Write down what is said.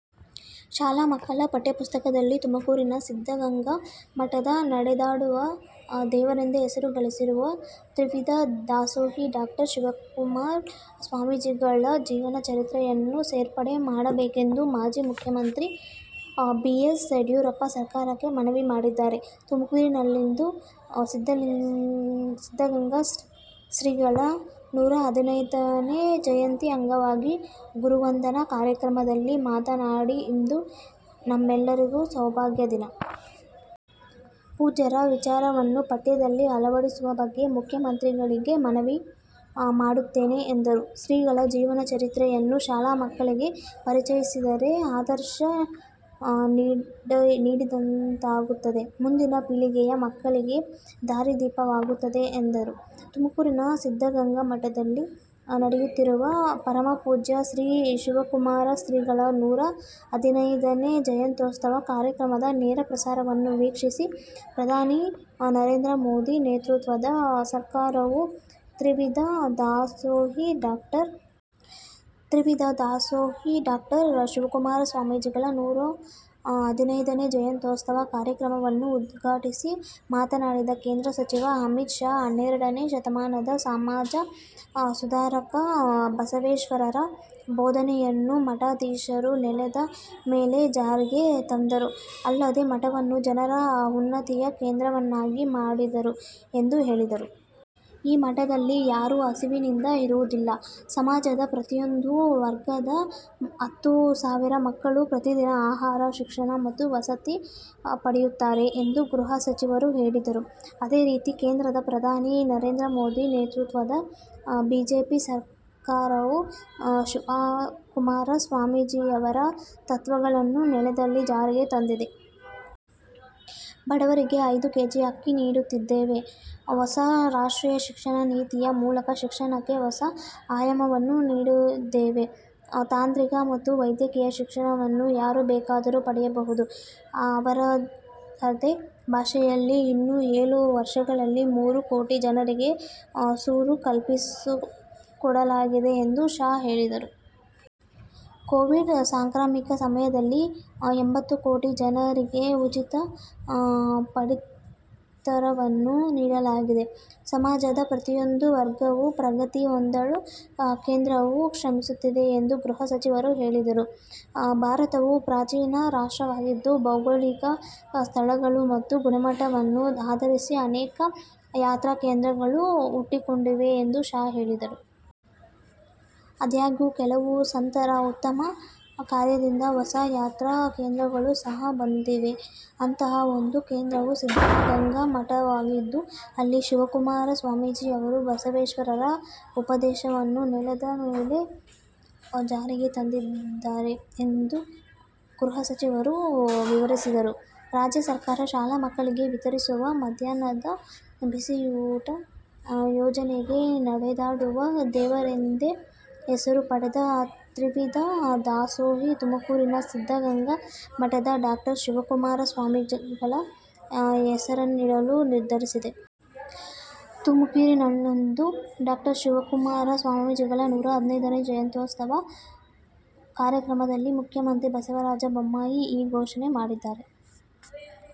ಶಾಲಾ ಮಕ್ಕಳ ಪಠ್ಯಪುಸ್ತಕದಲ್ಲಿ ತುಮಕೂರಿನ ಸಿದ್ದಗಂಗಾ ಮಠದ ನಡೆದಾಡುವ ದೇವರೆಂದೇ ಹೆಸರು ಗಳಿಸಿರುವ ತ್ರಿವಿಧ ದಾಸೋಹಿ ಡಾ ಶಿವಕುಮಾರ ಸ್ವಾಮೀಜಿಗಳ ಜೀವನ ಚರಿತ್ರೆಯನ್ನು ಸೇರ್ಪಡೆ ಮಾಡಬೇಕೆಂದು ಮಾಜಿ ಮುಖ್ಯಮಂತ್ರಿ ಬಿ ಎಸ್ ಯಡಿಯೂರಪ್ಪ ಸರ್ಕಾರಕ್ಕೆ ಮನವಿ ಮಾಡಿದ್ದಾರೆ. ತುಮಕೂರಿನಲ್ಲಿಂದು ಸಿದ್ದಗಂಗಾ ಶ್ರೀಗಳ ನೂರಾ ಹದಿನೈದನೇ ಜಯಂತಿ ಅಂಗವಾಗಿ ಗುರುವಂದನಾ ಕಾರ್ಯಕ್ರಮದಲ್ಲಿ ಮಾತನಾಡಿ, ಇಂದು ನಮ್ಮೆಲ್ಲರಿಗೂ ಸೌಭಾಗ್ಯ ದಿನ. ಪೂಜ್ಯರ ವಿಚಾರವನ್ನು ಪಠ್ಯದಲ್ಲಿ ಅಳವಡಿಸುವ ಬಗ್ಗೆ ಮುಖ್ಯ ಮಂತ್ರಿಗಳಿಗೆ ಮನವಿ ಮಾಡುತ್ತೇನೆ ಎಂದರು. ಶ್ರೀಗಳ ಜೀವನ ಚರಿತ್ರೆಯನ್ನು ಶಾಲಾ ಮಕ್ಕಳಿಗೆ ಪರಿಚಯಿಸಿದರೆ ಆದರ್ಶ ನೀಡಿದಂತಾಗುತ್ತದೆ, ಮುಂದಿನ ಪೀಳಿಗೆಯ ಮಕ್ಕಳಿಗೆ ದಾರಿದೀಪವಾಗುತ್ತದೆ ಎಂದರು. ತುಮಕೂರಿನ ಸಿದ್ದಗಂಗಾ ಮಠದಲ್ಲಿ ನಡೆಯುತ್ತಿರುವ ಪರಮಪೂಜ್ಯ ಶ್ರೀ ಶಿವಕುಮಾರ ಶ್ರೀಗಳ ನೂರಾ ಹದಿನೈದನೇ ಜಯಂತೋತ್ಸವ ಕಾರ್ಯಕ್ರಮದ ನೇರ ಪ್ರಸಾರವನ್ನು ವೀಕ್ಷಿಸಿ, ಪ್ರಧಾನಿ ನರೇಂದ್ರ ಮೋದಿ ನೇತೃತ್ವದ ಸರ್ಕಾರವು ತ್ರಿವಿಧ ದಾಸೋಹಿ ಡಾ. ತ್ರಿವಿಧ ದಾಸೋಹಿ ಡಾ. ಶಿವಕುಮಾರ ಸ್ವಾಮೀಜಿಗಳ ನೂರಾ ಹದಿನೈದನೇ ಜಯಂತ್ಯೋತ್ಸವ ಕಾರ್ಯಕ್ರಮವನ್ನು ಉದ್ಘಾಟಿಸಿ ಮಾತನಾಡಿದ ಕೇಂದ್ರ ಸಚಿವ ಅಮಿತ್ ಶಾ, ಹನ್ನೆರಡನೇ ಶತಮಾನದ ಸಮಾಜ ಸುಧಾರಕ ಬಸವೇಶ್ವರರ ಬೋಧನೆಯನ್ನು ಮಠಾಧೀಶರು ನೆಲದ ಮೇಲೆ ಜಾರಿಗೆ ತಂದರು. ಅಲ್ಲದೆ ಮಠವನ್ನು ಜನರ ಉನ್ನತಿಯ ಕೇಂದ್ರವನ್ನಾಗಿ ಮಾಡಿದರು ಎಂದು ಹೇಳಿದರು. 'ಈ ಮಠದಲ್ಲಿ ಯಾರೂ ಹಸಿವಿನಿಂದ ಇರುವುದಿಲ್ಲ. ಸಮಾಜದ ಪ್ರತಿಯೊಂದು ವರ್ಗದ ಹತ್ತು ಸಾವಿರ ಮಕ್ಕಳು ಪ್ರತಿದಿನ ಆಹಾರ, ಶಿಕ್ಷಣ ಮತ್ತು ವಸತಿ ಪಡೆಯುತ್ತಾರೆ ಎಂದು ಗೃಹ ಸಚಿವರು ಹೇಳಿದರು. ಅದೇ ರೀತಿ ಕೇಂದ್ರದ ಪ್ರಧಾನಿ ನರೇಂದ್ರ ಮೋದಿ ನೇತೃತ್ವದ ಬಿಜೆಪಿ ಸರಕಾರವು ಶಿವಕುಮಾರ ಸ್ವಾಮೀಜಿಯವರ ತತ್ವಗಳನ್ನು ನೆಲದಲ್ಲಿ ಜಾರಿಗೆ ತಂದಿದೆ. ಬಡವರಿಗೆ ಐದು ಕೆಜಿ ಅಕ್ಕಿ ನೀಡುತ್ತಿದ್ದೇವೆ. ಹೊಸ ರಾಷ್ಟ್ರೀಯ ಶಿಕ್ಷಣ ನೀತಿಯ ಮೂಲಕ ಶಿಕ್ಷಣಕ್ಕೆ ಹೊಸ ಆಯಾಮವನ್ನು ನೀಡಿದ್ದೇವೆ. ತಾಂತ್ರಿಕ ಮತ್ತು ವೈದ್ಯಕೀಯ ಶಿಕ್ಷಣವನ್ನು ಯಾರು ಬೇಕಾದರೂ ಪಡೆಯಬಹುದು. ಅವರದೇ ಭಾಷೆಯಲ್ಲಿ. ಇನ್ನು ಏಳು ವರ್ಷಗಳಲ್ಲಿ ಮೂರು ಕೋಟಿ ಜನರಿಗೆ ಸೂರು ಕಲ್ಪಿಸಿಕೊಡಲಾಗಿದೆ ಎಂದು ಶಾ ಹೇಳಿದರು. ಕೋವಿಡ್ ಸಾಂಕ್ರಾಮಿಕ ಸಮಯದಲ್ಲಿ, ಎಂಬತ್ತು ಕೋಟಿ ಜನರಿಗೆ ಉಚಿತ ಪಡಿತರವನ್ನು ನೀಡಲಾಗಿದೆ. ಸಮಾಜದ ಪ್ರತಿಯೊಂದು ವರ್ಗವೂ ಪ್ರಗತಿ ಹೊಂದಲು ಕೇಂದ್ರವು ಶ್ರಮಿಸುತ್ತಿದೆ ಎಂದು ಗೃಹ ಸಚಿವರು ಹೇಳಿದರು. ಭಾರತವು ಪ್ರಾಚೀನ ರಾಷ್ಟ್ರವಾಗಿದ್ದು, ಭೌಗೋಳಿಕ ಸ್ಥಳಗಳು ಮತ್ತು ಗುಣಮಟ್ಟವನ್ನು ಆಧರಿಸಿ ಅನೇಕ ಯಾತ್ರಾ ಕೇಂದ್ರಗಳು ಹುಟ್ಟಿಕೊಂಡಿವೆ ಎಂದು ಶಾ ಹೇಳಿದರು. ಆದಾಗ್ಯೂ, ಕೆಲವು ಸಂತರ ಉತ್ತಮ ಕಾರ್ಯದಿಂದ ಹೊಸ ಯಾತ್ರಾ ಕೇಂದ್ರಗಳು ಸಹ ಬಂದಿವೆ. ಅಂತಹ ಒಂದು ಕೇಂದ್ರವು ಸಿದ್ದಗಂಗಾ ಮಠವಾಗಿದ್ದು, ಅಲ್ಲಿ ಶಿವಕುಮಾರ ಸ್ವಾಮೀಜಿ ಅವರು ಬಸವೇಶ್ವರರ ಉಪದೇಶವನ್ನು ನೆಲದ ಮೇಲೆ ಜಾರಿಗೆ ತಂದಿದ್ದಾರೆ ಎಂದು ಗೃಹ ಸಚಿವರು ವಿವರಿಸಿದರು. ರಾಜ್ಯ ಸರ್ಕಾರ ಶಾಲಾ ಮಕ್ಕಳಿಗೆ ವಿತರಿಸುವ ಮಧ್ಯಾಹ್ನದ ಬಿಸಿಯೂಟ ಯೋಜನೆಗೆ ನಡೆದಾಡುವ ದೇವರೆಂದೇ ಹೆಸರು ಪಡೆದ ತ್ರಿವಿಧ ದಾಸೋಹಿ ತುಮಕೂರಿನ ಸಿದ್ದಗಂಗಾ ಮಠದ ಡಾ ಶಿವಕುಮಾರ ಸ್ವಾಮೀಜಿಗಳ ಹೆಸರನ್ನಿಡಲು ನಿರ್ಧರಿಸಿದೆ. ತುಮಕೂರಿನಲ್ಲಿಂದು ಡಾ ಶಿವಕುಮಾರ ಸ್ವಾಮೀಜಿಗಳ ನೂರಾ ಹದಿನೈದನೇ ಜಯಂತ್ಯೋತ್ಸವ ಕಾರ್ಯಕ್ರಮದಲ್ಲಿ ಮುಖ್ಯಮಂತ್ರಿ ಬಸವರಾಜ ಬೊಮ್ಮಾಯಿ ಈ ಘೋಷಣೆ ಮಾಡಿದ್ದಾರೆ.